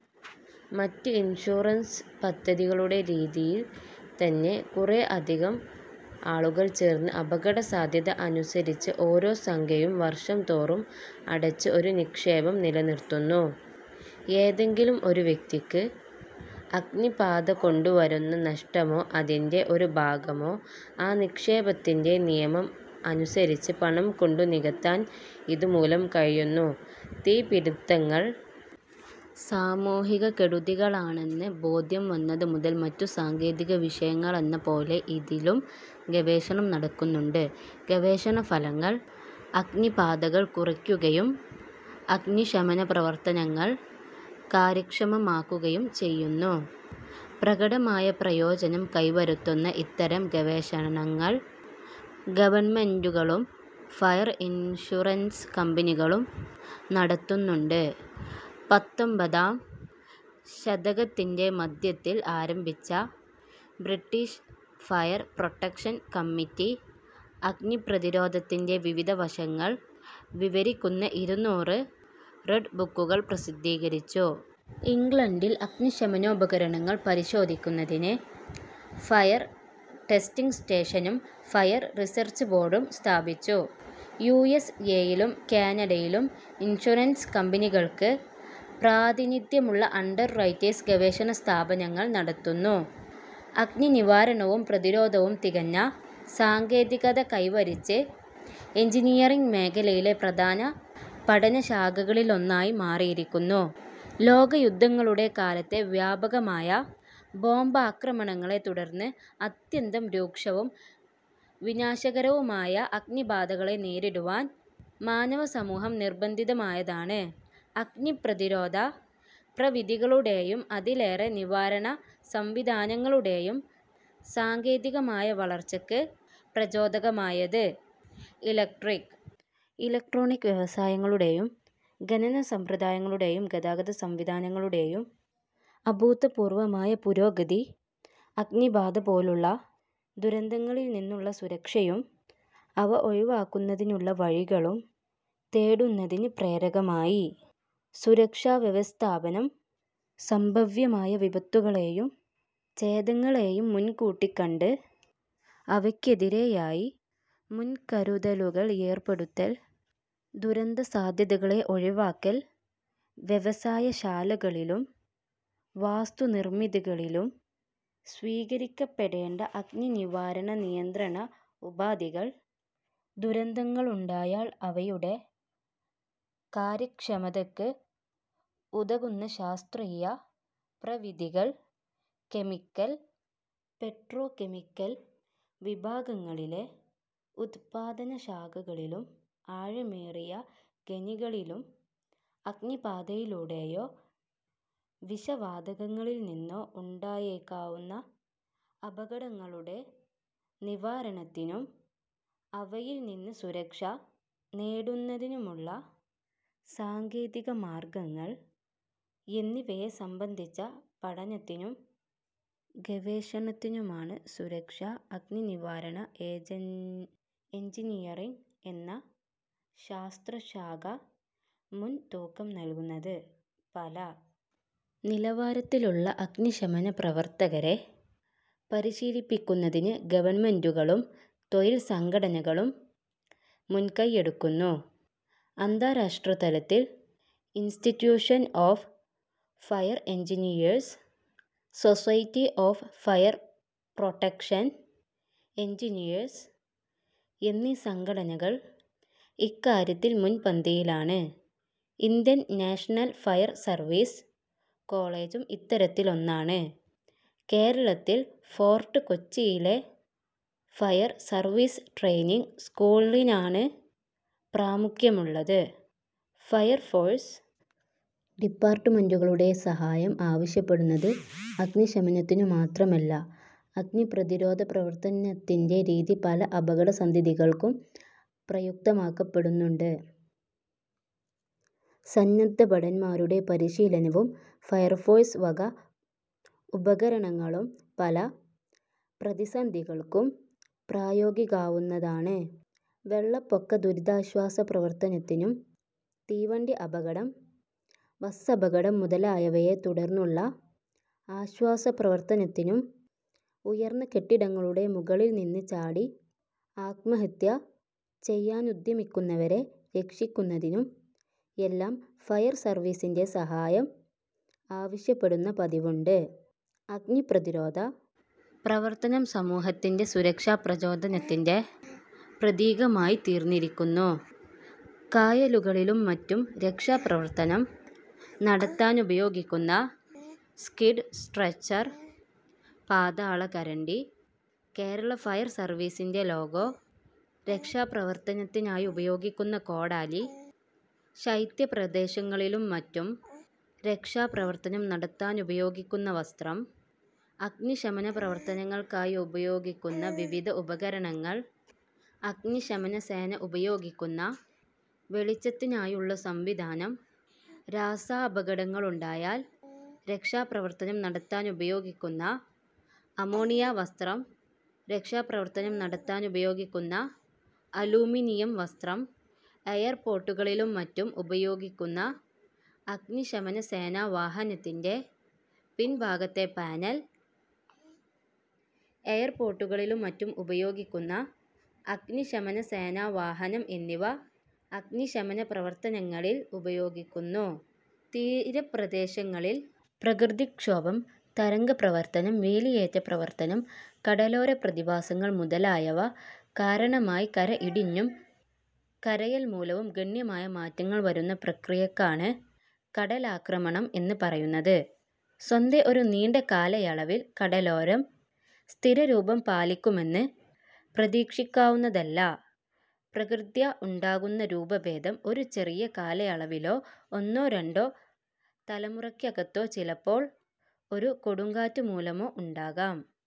മറ്റ് ഇൻഷുറൻസ് പദ്ധതികളുടെ രീതിയിൽ തന്നെ, കുറെ അധികം ആളുകൾ ചേർന്ന് അപകടസാധ്യത അനുസരിച്ച് ഓരോ സംഖ്യയും വർഷംതോറും അടച്ച് ഒരു നിക്ഷേപം നിലനിർത്തുന്നു. ഏതെങ്കിലും ഒരു വ്യക്തിക്ക് അഗ്നിബാധകൊണ്ടു വരുന്ന നഷ്ടമോ അതിൻ്റെ ഒരു ഭാഗമോ ആ നിക്ഷേപത്തിൻ്റെ നിയമം അനുസരിച്ച് പണംകൊണ്ടു നികത്താൻ ഇതുമൂലം കഴിയുന്നു. തീപിടിത്തങ്ങൾ സാമൂഹിക കെടുതികളാണെന്ന് ബോധ്യം വന്നതുമുതൽ മറ്റു സാങ്കേതിക വിഷയങ്ങളിലെന്നപോലെ ഇതിലും ഗവേഷണം നടക്കുന്നുണ്ട്. ഗവേഷണഫലങ്ങൾ അഗ്നിബാധകൾ കുറയ്ക്കുകയും അഗ്നിശമന പ്രവർത്തനങ്ങൾ കാര്യക്ഷമമാക്കുകയും ചെയ്യുന്നു. പ്രകടമായ പ്രയോജനം കൈവരുത്തുന്ന ഇത്തരം ഗവേഷണങ്ങൾ ഗവൺമെന്റുകളും ഫയർ ഇൻഷുറൻസ് കമ്പനികളും നടത്തുന്നുണ്ട്. പത്തൊമ്പതാം ശതകത്തിൻ്റെ മധ്യത്തിൽ ആരംഭിച്ച ബ്രിട്ടിഷ് ഫയർ പ്രൊട്ടക്ഷൻ കമ്മിറ്റി അഗ്നിപ്രതിരോധത്തിൻ്റെ വിവിധ വശങ്ങൾ വിവരിക്കുന്ന ഇരുനൂറ് റെഡ് ബുക്കുകൾ പ്രസിദ്ധീകരിച്ചു. ഇംഗ്ലണ്ടിൽ അഗ്നിശമനോപകരണങ്ങൾ പരിശോധിക്കുന്നതിന് ഫയർ ടെസ്റ്റിങ് സ്റ്റേഷനും ഫയർ റിസർച്ച് ബോർഡും സ്ഥാപിച്ചു. യു എസ് എയിലും കാനഡയിലും ഇൻഷുറൻസ് കമ്പനികൾക്ക് പ്രാതിനിധ്യമുള്ള അണ്ടർറൈറ്റേഴ്സ് ഗവേഷണ സ്ഥാപനങ്ങൾ നടത്തുന്നു. അഗ്നിനിവാരണവും പ്രതിരോധവും തികഞ്ഞ സാങ്കേതികത കൈവരിച്ച് എൻജിനീയറിങ് മേഖലയിലെ പ്രധാന പഠനശാഖകളിലൊന്നായി മാറിയിരിക്കുന്നു. ലോകയുദ്ധങ്ങളുടെ കാലത്തെ വ്യാപകമായ ബോംബാക്രമണങ്ങളെ തുടർന്ന് അത്യന്തം രൂക്ഷവും വിനാശകരവുമായ അഗ്നിബാധകളെ നേരിടുവാൻ മാനവസമൂഹം നിർബന്ധിതമായതാണ് അഗ്നിപ്രതിരോധ പ്രവിധികളുടെയും അതിലേറെ നിവാരണ സംവിധാനങ്ങളുടെയും സാങ്കേതികമായ വളർച്ചയ്ക്ക് പ്രചോദകമായത്. ഇലക്ട്രിക് ഇലക്ട്രോണിക് വ്യവസായങ്ങളുടെയും ഖനന സമ്പ്രദായങ്ങളുടെയും ഗതാഗത സംവിധാനങ്ങളുടെയും അഭൂതപൂർവമായ പുരോഗതി അഗ്നിബാധ പോലുള്ള ദുരന്തങ്ങളിൽനിന്നുള്ള സുരക്ഷയും അവ ഒഴിവാക്കുന്നതിനുള്ള വഴികളും തേടുന്നതിന് പ്രേരകമായി. സുരക്ഷാവ്യവസ്ഥാപനം, സംഭവ്യമായ വിപത്തുകളെയും ചേതങ്ങളെയും മുൻകൂട്ടിക്കണ്ട് അവയ്ക്കെതിരായി മുൻകരുതലുകൾ ഏർപ്പെടുത്തൽ, ദുരന്തസാധ്യതകളെ ഒഴിവാക്കൽ, വ്യവസായശാലകളിലും വാസ്തുനിർമിതികളിലും സ്വീകരിക്കപ്പെടേണ്ട അഗ്നിനിവാരണ നിയന്ത്രണ ഉപാധികൾ, ദുരന്തങ്ങളുണ്ടായാൽ അവയുടെ കാര്യക്ഷമതയ്ക്ക് ഉതകുന്ന ശാസ്ത്രീയ പ്രവിധികൾ, കെമിക്കൽ, പെട്രോകെമിക്കൽ വിഭാഗങ്ങളിലെ ഉത്പാദനശാലകളിലും ആഴമേറിയ ഖനികളിലും അഗ്നിബാധയിലൂടെയോ വിഷവാതകങ്ങളിൽ നിന്നോ ഉണ്ടായേക്കാവുന്ന അപകടങ്ങളുടെ നിവാരണത്തിനും അവയിൽനിന്ന് സുരക്ഷ നേടുന്നതിനുമുള്ള സാങ്കേതിക മാർഗങ്ങൾ എന്നിവയെ സംബന്ധിച്ച പഠനത്തിനും ഗവേഷണത്തിനുമാണ് സുരക്ഷാ അഗ്നിനിവാരണ എൻജിനിയറിങ് എന്ന ശാസ്ത്രശാഖ മുൻതൂക്കം നൽകുന്നത്. പല നിലവാരത്തിലുള്ള അഗ്നിശമന പ്രവർത്തകരെ പരിശീലിപ്പിക്കുന്നതിന് ഗവൺമെന്റുകളും തൊഴിൽ സംഘടനകളും മുൻകൈ എടുക്കുന്നു. അന്താരാഷ്ട്ര തലത്തിൽ institution of fire engineers, society of fire protection engineers എന്നീ സംഘടനകൾ ഇക്കാര്യത്തിൽ മുൻപന്തിയിലാണ്. ഇന്ത്യൻ നാഷണൽ ഫയർ സർവീസ് കോളജും ഇത്തരത്തിലൊന്നാണ്. കേരളത്തിൽ ഫോർട്ട് കൊച്ചിയിലെ ഫയർ സർവീസ് ട്രെയിനിങ് സ്കൂളിനാണ് പ്രാമുഖ്യമുള്ളത്. ഫയർഫോഴ്സ് ഡിപ്പാർട്ടുമെന്റുകളുടെ സഹായം ആവശ്യപ്പെടുന്നത് അഗ്നിശമനത്തിനു മാത്രമല്ല. അഗ്നിപ്രതിരോധ പ്രവർത്തനത്തിൻ്റെ രീതി പല അപകടസന്ധികൾക്കും പ്രയുക്തമാക്കപ്പെടുന്നുണ്ട്. സന്നദ്ധഭടന്മാരുടെ പരിശീലനവും ഫയർഫോഴ്സ് വക ഉപകരണങ്ങളും പല പ്രതിസന്ധികൾക്കും പ്രയോഗിക്കാവുന്നതാണ്. വെള്ളപ്പൊക്ക ദുരിതാശ്വാസ പ്രവർത്തനത്തിനും തീവണ്ടി അപകടം, ബസ് അപകടം മുതലായവയെ തുടർന്നുള്ള ആശ്വാസ പ്രവർത്തനത്തിനും ഉയർന്ന കെട്ടിടങ്ങളുടെ മുകളിൽനിന്ന് ചാടി ആത്മഹത്യ ചെയ്യാനുദ്യമിക്കുന്നവരെ രക്ഷിക്കുന്നതിനും എല്ലാം ഫയർ സർവീസിൻ്റെ സഹായം ആവശ്യപ്പെടുന്ന പതിവുണ്ട്. അഗ്നിപ്രതിരോധ പ്രവർത്തനം സമൂഹത്തിൻ്റെ സ്വരക്ഷാ പ്രചോദനത്തിൻ്റെ പ്രതീകമായിത്തീർന്നിരിക്കുന്നു. കായലുകളിലും മറ്റും രക്ഷാപ്രവർത്തനം നടത്താനുപയോഗിക്കുന്ന സ്കിഡ് സ്ട്രെച്ചർ, പാതാളക്കരണ്ടി, കേരള ഫയർ സർവീസിൻ്റെ ലോഗോ, രക്ഷാപ്രവർത്തനത്തിനായി ഉപയോഗിക്കുന്ന കോടാലി, ശൈത്യ പ്രദേശങ്ങളിലും മറ്റും രക്ഷാപ്രവർത്തനം നടത്താനുപയോഗിക്കുന്ന വസ്ത്രം, അഗ്നിശമന പ്രവർത്തനങ്ങൾക്കായി ഉപയോഗിക്കുന്ന വിവിധ ഉപകരണങ്ങൾ, അഗ്നിശമന സേന ഉപയോഗിക്കുന്ന വെളിച്ചത്തിനായുള്ള സംവിധാനം, രാസാപകടങ്ങളുണ്ടായാൽ രക്ഷാപ്രവർത്തനം നടത്താനുപയോഗിക്കുന്ന അമോണിയ വസ്ത്രം, രക്ഷാപ്രവർത്തനം നടത്താനുപയോഗിക്കുന്ന അലൂമിനിയം വസ്ത്രം, എയർപോർട്ടുകളിലും മറ്റും ഉപയോഗിക്കുന്ന അഗ്നിശമന സേനാ വാഹനത്തിൻ്റെ പിൻഭാഗത്തെ പാനൽ, എയർപോർട്ടുകളിലും മറ്റും ഉപയോഗിക്കുന്ന അഗ്നിശമന സേനാ വാഹനം എന്നിവ അഗ്നിശമന പ്രവർത്തനങ്ങളിൽ ഉപയോഗിക്കുന്നു. തീരപ്രദേശങ്ങളിൽ പ്രകൃതിക്ഷോഭം, തരംഗ പ്രവർത്തനം, വേലിയേറ്റ പ്രവർത്തനം, കടലോര പ്രതിഭാസങ്ങൾ മുതലായവ കാരണമായി കര ഇടിഞ്ഞും കരയൽ മൂലവും ഗണ്യമായ മാറ്റങ്ങൾ വരുന്ന പ്രക്രിയക്കാണ് കടലാക്രമണം എന്നു പറയുന്നത്. സ്വതേ ഒരു നീണ്ട കാലയളവിൽ കടലോരം സ്ഥിരരൂപം പാലിക്കുമെന്ന് പ്രതീക്ഷിക്കാവുന്നതല്ല. പ്രകൃത്യാ ഉണ്ടാകുന്ന രൂപഭേദം ഒരു ചെറിയ കാലയളവിലോ ഒന്നോ രണ്ടോ തലമുറയ്ക്കകത്തോ ചിലപ്പോൾ ഒരു കൊടുങ്കാറ്റുമൂലമോ ഉണ്ടാകാം.